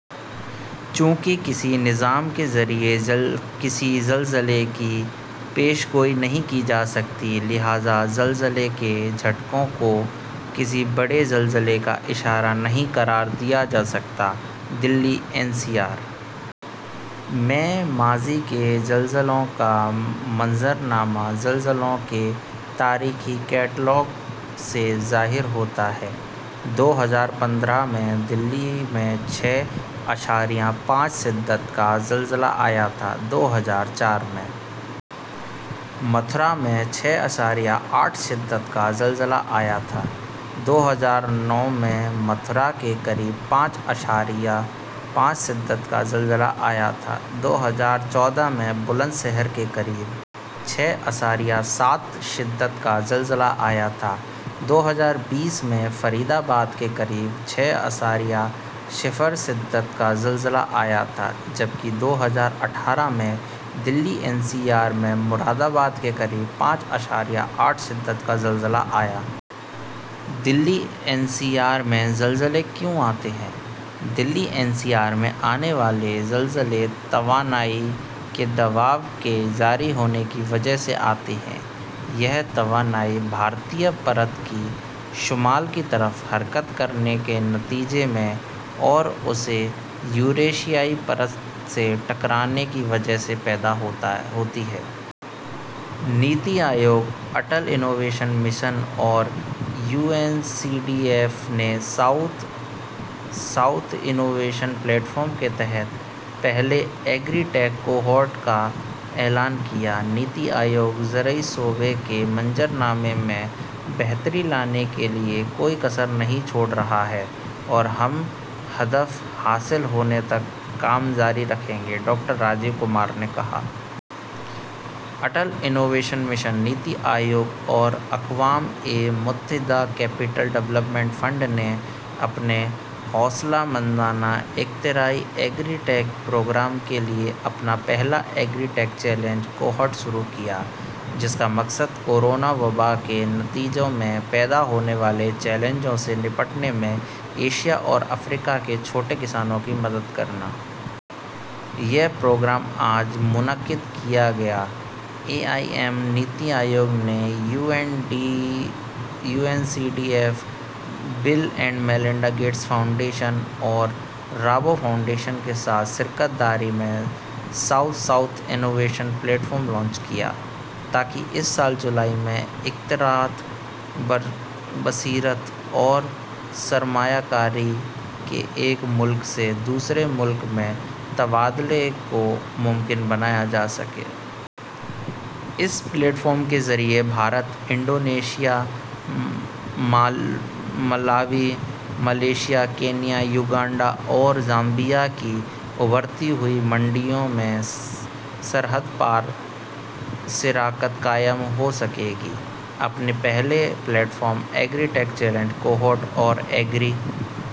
چونکہ کسی نظام کے ذریعے کسی زلزلے کی پیش گوئی نہیں کی جا سکتی، لہٰذا زلزلے کے جھٹکوں کو کسی بڑے زلزلے کا اشارہ نہیں قرار دیا جا سکتا۔ دہلی این سی آر میں ماضی کے زلزلوں کا منظرنامہ زلزلوں کے تاریخی کیٹلاگ سے ظاہر ہوتا ہے کہ دو ہزار پندرہ میں دہلی میں چھ اعشاریہ پانچ شدت کا زلزلہ آیا تھا، دو ہزار چار میں متھرا میں چھ اعشاریہ آٹھ شدت کا زلزلہ آیا تھا، دو ہزار نو میں متھرا کے قریب پانچ اعشاریہ پانچ شدت کا زلزلہ آیا تھا، دو ہزار چودہ میں بلند شہر کے قریب چھ اعشاریہ سات شدت کا زلزلہ آیا تھا، دو ہزار بیس میں فرید آباد کے قریب چھ اعشاریہ صفر شدت کا زلزلہ آیا تھا، جبکہ دو ہزار اٹھارہ میں دہلی این سی آر میں مرادآباد کے قریب پانچ اعشاریہ آٹھ شدت کا زلزلہ آیا۔ دہلی این سی آر میں زلزلے کیوں آتے ہیں؟ دہلی این سی آر میں آنے والے زلزلے توانائی کے دباؤ کے جاری ہونے کی وجہ سے آتے ہیں۔ یہ توانائی بھارتی پرت کی شمال کی طرف حرکت کرنے کے نتیجے میں اور اس کے یوریشیائی پرت سے ٹکرانے کی وجہ سے پیدا ہوتی ہے۔ نیتی آیوگ، اٹل انوویشن مشن اور U N C D F نے south south innovation platform کے تحت پہلے ایگری ٹیک کوہورٹ کا اعلان کیا۔ نیتی آیوگ زرعی شعبے کے منظرنامے میں بہتری لانے کے لیے کوئی کسر نہیں چھوڑ رہا ہے اور ہم ہدف حاصل ہونے تک کام جاری رکھیں گے، ڈاکٹر راجیو کمار نے کہا۔ اٹل انوویشن مشن، نیتی آیوگ اور اقوام متحدہ کیپٹل ڈیولپمنٹ فنڈ نے اپنے حوصلہ مندانہ اختراعی ایگری ٹیک پروگرام کے لیے اپنا پہلا ایگری ٹیک چیلنج کوہورٹ شروع کیا ہے، جس کا مقصد کورونا وبا کے نتیجے میں پیدا ہونے والے چیلنجوں سے نمٹنے میں ایشیا اور افریقہ کے چھوٹے کسانوں کی مدد کرنا ہے۔ یہ پروگرام آج منعقد کیا گیا۔ اے آئی ایم، نیتی آیوگ نے U N C D F, Bill and Melinda Gates foundation اور رابو فاؤنڈیشن کے ساتھ شراکت داری میں south south innovation platform launch کیا تاکہ اس سال جولائی میں اختراعات، بصیرت اور سرمایہ کاری کے ایک ملک سے دوسرے ملک میں تبادلے کو ممکن بنایا جا سکے۔ اس پلیٹ فارم کے ذریعے Bharat, Indonesia, Malawi, Malaysia, Kenya, Uganda اور زامبیا کی ابھرتی ہوئی منڈیوں میں سرحد پار شراکت قائم ہو سکے گی۔ اپنے پہلے platform, agri tech challenge cohort اور ایگری...